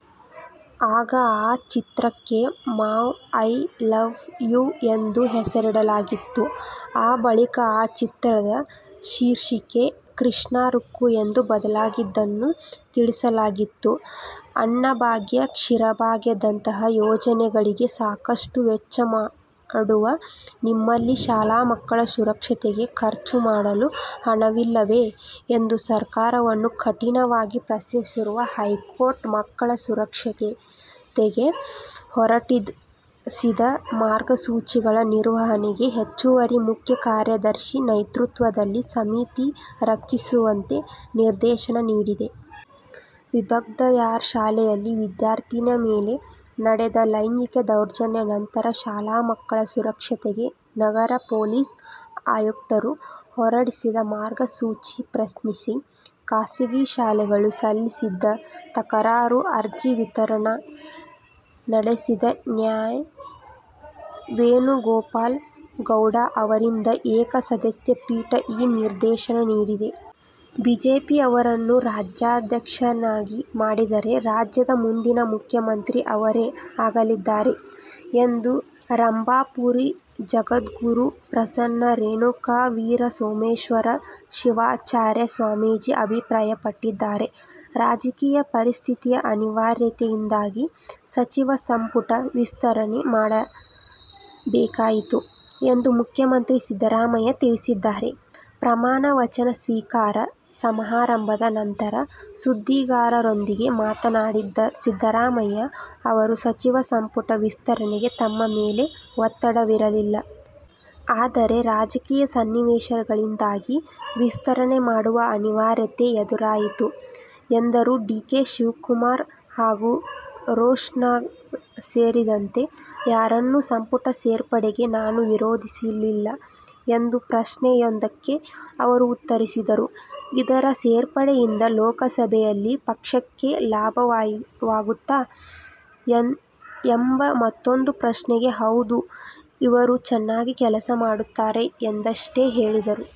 ಆಗ ಆ ಚಿತ್ರಕ್ಕೆ "ಮಾವ ಐ ಲವ್ ಯೂ' ಎಂದು ಹೆಸರಿಡಲಾಗಿತ್ತು. ಆ ಬಳಿಕ ಆ ಚಿತ್ರದ ಶೀರ್ಷಿಕೆ "ಕೃಷ್ಣ ರುಕ್ಕು' ಎಂದು ಬದಲಾಗಿದ್ದನ್ನೂ ತಿಳಿಸಲಾಗಿತ್ತು. ಅನ್ನಭಾಗ್ಯ, ಕ್ಷೀರಭಾಗ್ಯದಂತಹ ಯೋಜನೆಗಳಿಗೆ ಸಾಕಷ್ಟು ವೆಚ್ಚ ಮಾಡುವ ನಿಮ್ಮಲ್ಲಿ ಶಾಲಾ ಮಕ್ಕಳ ಸುರಕ್ಷತೆಗೆ ಖರ್ಚು ಮಾಡಲು ಹಣವಿಲ್ಲವೇ ಎಂದು ಸರ್ಕಾರವನ್ನು ಕಠಿಣವಾಗಿ ಪ್ರಶ್ನಿಸಿರುವ ಹೈಕೋರ್ಟ್, ಮಕ್ಕಳ ಸುರಕ್ಷತೆಗೆ ಹೊರಡಿಸಿದ ಮಾರ್ಗಸೂಚಿಗಳ ನಿರ್ವಹಣೆಗೆ ಹೆಚ್ಚುವರಿ ಮುಖ್ಯ ಕಾರ್ಯದರ್ಶಿ ನೇತೃತ್ವದಲ್ಲಿ ಸಮಿತಿ ರಚಿಸುವಂತೆ ನಿರ್ದೇಶನ ನೀಡಿದೆ. ವಿಬ್ಗಯಾರ್ ಶಾಲೆಯಲ್ಲಿ ವಿದ್ಯಾರ್ಥಿನಿ ಮೇಲೆ ನಡೆದ ಲೈಂಗಿಕ ದೌರ್ಜನ್ಯ ನಂತರ ಶಾಲಾ ಮಕ್ಕಳ ಸುರಕ್ಷತೆಗೆ ನಗರ ಪೊಲೀಸ್ ಆಯುಕ್ತರು ಹೊರಡಿಸಿದ ಮಾರ್ಗಸೂಚಿ ಪ್ರಶ್ನಿಸಿ ಖಾಸಗಿ ಶಾಲೆಗಳು ಸಲ್ಲಿಸಿದ್ದ ತಕರಾರು ಅರ್ಜಿ ವಿಚಾರಣೆ ನಡೆಸಿದ ನ್ಯಾ. ವೇಣುಗೋಪಾಲ ಗೌಡ ಅವರಿದ್ದ ಏಕ ಸದಸ್ಯ ಪೀಠ ಈ ನಿರ್ದೇಶನ ನೀಡಿದೆ. ' ಬಿಜೆಪಿ ಅವರನ್ನು ರಾಜ್ಯಾಧ್ಯಕ್ಷರನ್ನಾಗಿ ಮಾಡಿದರೆ ರಾಜ್ಯದ ಮುಂದಿನ ಮುಖ್ಯಮಂತ್ರಿ ಅವರೇ ಆಗಲಿದ್ದಾರೆ ಎಂದು ರಂಭಾಪುರಿ ಜಗದ್ಗುರು ಪ್ರಸನ್ನ ರೇಣುಕವೀರಸೋಮೇಶ್ವರ ಶಿವಾಚಾರ್ಯ ಸ್ವಾಮೀಜಿ ಅಭಿಪ್ರಾಯಪಟ್ಟಿದ್ದಾರೆ. ರಾಜಕೀಯ ಪರಿಸ್ಥಿತಿಯ ಅನಿವಾರ್ಯತೆಯಿಂದಾಗಿ ಸಚಿವ ಸಂಪುಟ ವಿಸ್ತರಣೆ ಮಾಡಬೇಕಾಯಿತು ಎಂದು ಮುಖ್ಯಮಂತ್ರಿ ಸಿದ್ದರಾಮಯ್ಯ ತಿಳಿಸಿದ್ದಾರೆ. ಪ್ರಮಾಣ ವಚನ ಸ್ವೀಕಾರ ಸಮಾರಂಭದ ನಂತರ ಸುದ್ದಿಗಾರರೊಂದಿಗೆ ಮಾತನಾಡಿದ ಸಿದ್ದರಾಮಯ್ಯ ಅವರು ಸಚಿವ ಸಂಪುಟ ವಿಸ್ತರಣೆಗೆ ತಮ್ಮ ಮೇಲೆ ಒತ್ತಡವಿರಲಿಲ್ಲ. ಆದರೆ, ರಾಜಕೀಯ ಸನ್ನಿವೇಶಗಳಿಂದಾಗಿ ವಿಸ್ತರಣೆ ಮಾಡುವ ಅನಿವಾರ್ಯತೆ ಎದುರಾಯಿತು ಎಂದರು. ಡಿ. ಕೆ. ಶಿವಕುಮಾರ್ ಹಾಗೂ ರೋಷನ್ಬೇಗ್ ಸೇರಿದಂತೆ ಯಾರನ್ನು ಸಂಪುಟ ಸೇರ್ಪಡೆಗೆ ನಾನು ವಿರೋಧಿಸಿರಲಿಲ್ಲ ಎಂದು ಪ್ರಶ್ನೆಯೊಂದಕ್ಕೆ ಅವರು ಉತ್ತರಿಸಿದರು. ಇಬ್ಬರ ಸೇರ್ಪಡೆಯಿಂದ ಲೋಕಸಭೆಯಲ್ಲಿ ಪಕ್ಷಕ್ಕೆ ಲಾಭವಾಗುತ್ತಾ ಎಂಬ ಮತ್ತೂಂದು ಪ್ರಶ್ನೆಗೆ, ಹೌದು. ಇವರು ಚೆನ್ನಾಗಿ ಕೆಲಸ ಮಾಡುತ್ತಾರೆ ಎಂದಷ್ಟೇ ಹೇಳಿದರು.